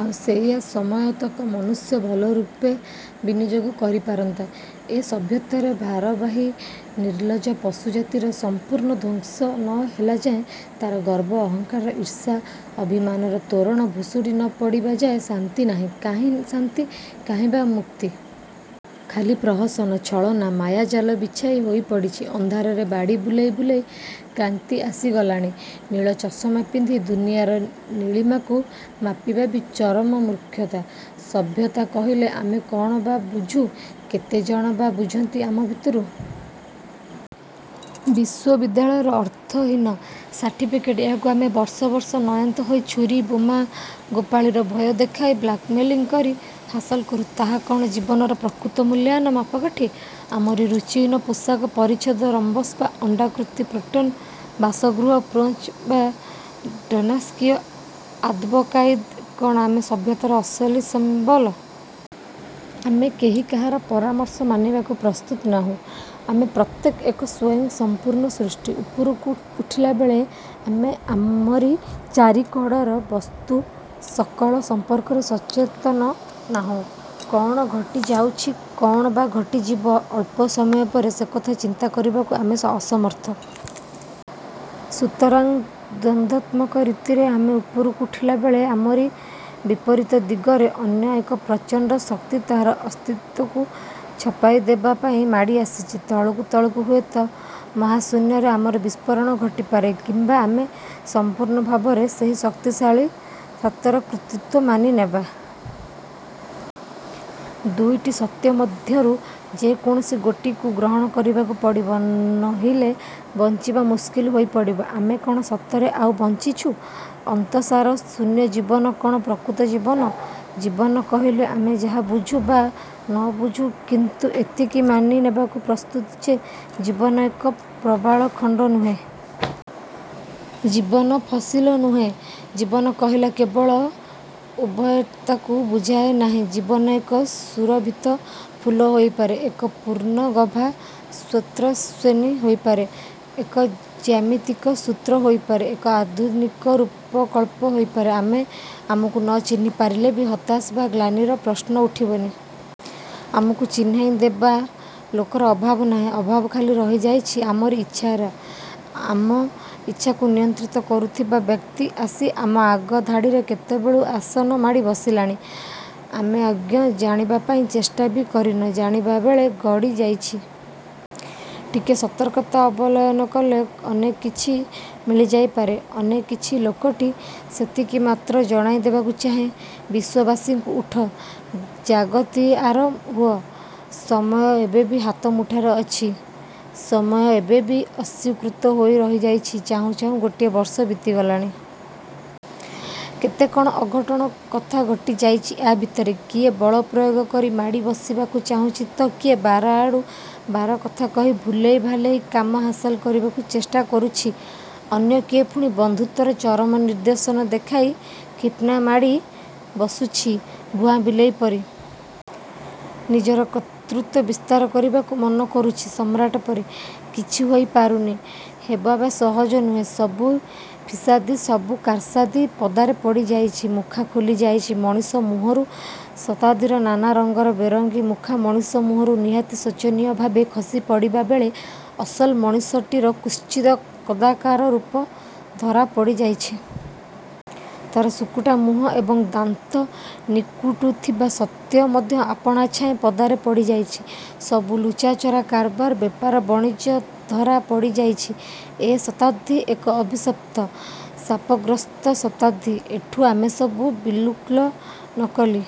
ଆଉ ସେଇ ସମୟତକ ମନୁଷ୍ୟ ଭଲରୂପେ ବିନିଯୋଗ କରିପାରନ୍ତା। ଏ ସଭ୍ୟତାର ଭାରବାହୀ ନିର୍ଲଜ୍ଜ ପଶୁ ଜାତିର ସମ୍ପୂର୍ଣ୍ଣ ଧ୍ୱଂସ ନ ହେଲାଯାଏଁ, ତା'ର ଗର୍ବ, ଅହଂକାର, ଈର୍ଷା ଓ ଅଭିମାନର ତୋରଣ ଭୁଷୁଡ଼ି ନ ପଡ଼ିବାଯାଏ ଶାନ୍ତି ନାହିଁ। କାହିଁ ଶାନ୍ତି? କାହିଁ ବା ମୁକ୍ତି? ଖାଲି ପ୍ରହସନ, ଛଳନା। ମାୟାଜାଲ ବିଛେଇ ହୋଇ ପଡ଼ିଛି। ଅନ୍ଧାରରେ ବାଡ଼ି ବୁଲେଇ ବୁଲେଇ କ୍ଳାନ୍ତି ଆସିଗଲାଣି। ନୀଳ ଚଷମା ପିନ୍ଧି ଦୁନିଆଁର ନୀଳିମାକୁ ମାପିବା କି ଚରମ ମୂର୍ଖତା! ସଭ୍ୟତା କହିଲେ ଆମେ କ'ଣ ବା ବୁଝୁ? କେତେଜଣ ବା' ବୁଝନ୍ତି ଆମ ଭିତରୁ? ବିଶ୍ୱବିଦ୍ୟାଳୟର ଅର୍ଥହୀନ ସାର୍ଟିଫିକେଟ ଯା'କୁ ଆମେ ବର୍ଷ ବର୍ଷ ନୟାନ୍ତ ହୋଇ, ଛୁରି, ବୋମା, ଗୋପାଳିର ଭୟ ଦେଖାଇ, ବ୍ଲାକମେଲିଂ କରି ହାସଲ କରୁ, ତାହା କ'ଣ ଜୀବନର ପ୍ରକୃତ ମୂଲ୍ୟାୟନର ମାପକାଠି? ଆମରି ରୁଚିହୀନ ପୋଷାକ ପରିଚ୍ଛଦ, ରମ୍ବସ୍ ବା ଅଣ୍ଡାକୃତି ପାର୍ଟନ୍ର ବାସଗୃହ ଫ୍ରେଞ୍ଚ ବା ଡେନ୍ମାର୍କୀୟ ଆଦବକାଇଦା କ'ଣ ଆମ ସଭ୍ୟତାର ଅସଲି ସିମ୍ବଲ? ଆମେ କେହି କାହାର ପରାମର୍ଶ ମାନିବାକୁ ପ୍ରସ୍ତୁତ ନୋହୁଁ। ଆମେ ପ୍ରତ୍ୟେକ ଏକ ସ୍ୱୟଂ ସମ୍ପୂର୍ଣ୍ଣ ସୃଷ୍ଟି। ଉପରକୁ ଉଠିଲାବେଳେ ଆମେ ଆମରି ଚାରିକଡ଼ର ବସ୍ତୁ ସକଳ ସମ୍ପର୍କରେ ସଚେତନ ନୋହୁଁ-। କ'ଣ ଘଟି ଯାଉଛି, କ'ଣ ବା ଘଟିଯିବ ଅଳ୍ପ ସମୟ ପରେ, ସେକଥା ଚିନ୍ତା କରିବାକୁ ଆମେ ଅସମର୍ଥ। ସୁତରାଂ ଦ୍ୱନ୍ଦାତ୍ମକ ରୀତିରେ ଆମେ ଉପରକୁ ଉଠିଲାବେଳେ ଆମରି ବିପରୀତ ଦିଗରେ ଅନ୍ୟ ଏକ ପ୍ରଚଣ୍ଡ ଶକ୍ତି ତା'ର ଅସ୍ତିତ୍ୱକୁ ଛପେଇ ଦେବା ପାଇଁ ମାଡ଼ି ଆସୁଛି-। ତଳକୁ ତଳକୁ ହୁଏତ ମହାଶୂନ୍ୟରେ ଆମର ବିସ୍ଫୋରଣ ଘଟିପାରେ। କିମ୍ବା ଆମେ ସମ୍ପୂର୍ଣ୍ଣ ଭାବରେ ସେଇ ଶକ୍ତିଶାଳୀ ସତ୍ତାର କର୍ତ୍ତୃତ୍ୱ ମାନିନେବା। ଦୁଇଟି ସତ୍ୟ ମଧ୍ୟରୁ ଯେ କୌଣସି ଗୋଟିକୁ। ଗ୍ରହଣ କରିବାକୁ ପଡ଼ିବ। ନୋହିଲେ ବଞ୍ଚିବା ମୁସ୍କିଲ ହୋଇ ପଡ଼ିବ। ଆମେ କ'ଣ ସତରେ ଆଉ ବଞ୍ଚିଛୁ? ଅନ୍ତସାର ଶୂନ୍ୟ ଜୀବନ କ'ଣ ପ୍ରକୃତ ଜୀବନ! ଜୀବନ କହିଲେ ଆମେ ଯାହା ବୁଝୁ ବା ନବୁଝୁ କିନ୍ତୁ ଏତିକି ମାନି ନେବାକୁ ପ୍ରସ୍ତୁତ ଯେ ଜୀବନ ଏକ ପ୍ରବାଳ ଖଣ୍ଡ ନୁହେଁ। ଜୀବନ ଫସିଲ ନୁହେଁ। ଜୀବନ କହିଲେ କେବଳ ଉଦ୍ଭଟତାକୁ ବୁଝାଏ ନାହିଁ। ଜୀବନ ଏକ ସୁରଭିତ ଫୁଲ ହୋଇପାରେ। ଏକ ପୂର୍ଣ୍ଣଗଭା ସ୍ରୋତସ୍ୱିନୀ ହୋଇପାରେ। ଏକ ଜ୍ୟାମିତିକ ସୂତ୍ର ହୋଇପାରେ। ଏକ ଅତ୍ୟାଧୁନିକ ରୂପକଳ୍ପ ହୋଇପାରେ। ଆମେ ଆମକୁ ନ ଚିହ୍ନି ପାରିଲେ ବି ହତାଶା ବା ଗ୍ଳାନିର ପ୍ରଶ୍ନ ଉଠିବନି। ଆମକୁ ଚିହ୍ନେଇ ଦେବା ଲୋକର ଅଭାବ ନାହିଁ। ଅଭାବ ଖାଲି ରହିଯାଇଛି ଆମରି ଇଚ୍ଛାର। ଆମ ଇଚ୍ଛାକୁ ନିୟନ୍ତ୍ରିତ କରୁଥିବା ବ୍ୟକ୍ତି ଆସି ଆମ ଆଗ ଧାଡ଼ିରେ କେତେବେଳୁ ଆସନ ମାଡ଼ି ବସିଲାଣି। ଆମେ ଅଜ୍ଞ। ଜାଣିବା ପାଇଁ ଚେଷ୍ଟା ବି କରନି। ଜାଣିବାର ବେଳ ଗଡ଼ି ଯାଇଚି। ଟିକିଏ ସତର୍କତା ଅବଲୟନ କଲେ ଅନେକ କିଛି ମିଳିଯାଇ ପାରେ। ଅନେକ କିଛି। ଲୋକଟି ସେତିକି ମାତ୍ର ଜଣେଇ ଦେବାକୁ ଚାହେଁ ବିଶ୍ୱବାସୀଙ୍କୁ। ଉଠ। ଜାଗତିଆର ହୁଅ। ସମୟ ଏବେ ବି ହାତ ମୁଠାରେ ଅଛି। ସମୟ ଏବେ ବି ଅସ୍ୱୀକୃତ ହୋଇ ରହିଯାଇଛି। ଚାହୁଁ ଚାହୁଁ ଗୋଟାଏ ବର୍ଷ ବିତିଗଲାଣି। କେତେ କ'ଣ ଅଘଟଣା କଥା ଘଟି ଯାଇଛି ୟା' ଭିତରେ। କିଏ ବଳ ପ୍ରୟୋଗ କରି ମାଡ଼ି ବସିବାକୁ ଚାହୁଁଛି ତ କିଏ ବାରଆଡ଼ୁ ବାରକଥା କହି ଭୁଲେଇ ଭାଲେଇ କାମ ହାସଲ କରିବାକୁ ଚେଷ୍ଟା କରୁଛି। ଅନ୍ୟ କିଏ ପୁଣି ବନ୍ଧୁତ୍ୱର ଚରମ ନିଦର୍ଶନ ଦେଖାଇ ଖପ୍କିନା ମାଡ଼ି ବସୁଛି ଭୁଆ ବିଲେଇ ପରି। ନିଜର କର୍ତ୍ତୃତ୍ୱ ବିସ୍ତାର କରିବାକୁ ମନ କରୁଛି ସମ୍ରାଟ ପରି। କିଛି ହୋଇ ପାରୁନି। ହେବାବି ସହଜ ନୁହେଁ। ସବୁ ଫିସାଦି, ସବୁ କାରସାଦି ପଦାରେ ପଡ଼ିଯାଇଛି। ମୁଖା ଖୋଲି ଯାଇଛି ମଣିଷ ମୁହଁରୁ। ଶତାବ୍ଦୀର ନାନା ରଙ୍ଗ ବେରଙ୍ଗୀ ମୁଖା ମଣିଷ ମୁହଁରୁ ନିହାତି ଶୋଚନୀୟ ଭାବେ ଖସି ପଡ଼ିବାବେଳେ ଅସଲ ମଣିଷଟିର କୁତ୍ସିତ କଦାକାର ରୂପ ଧରା ପଡ଼ିଯାଇଛି। ତା'ର ଶୁକୁଟା ମୁହଁ ଏବଂ ଦାନ୍ତ ନିକୁଟୁଥିବା ସତ୍ୟ ମଧ୍ୟ ଆପଣାଛାଏଁ ପଦାରେ ପଡ଼ିଯାଇଛି। ସବୁ ଲୁଚାଚୋରା କାରବାର, ବେପାର ବଣିଜ ଧରା ପଡ଼ିଯାଇଛି। ଏ ଶତାବ୍ଦୀ ଏକ ଅଭିଶପ୍ତ। ଶାପଗ୍ରସ୍ତ ଶତାବ୍ଦୀ! ଏଠି ଆମେସବୁ ବିଲ୍କୁଲ, ନକଲି।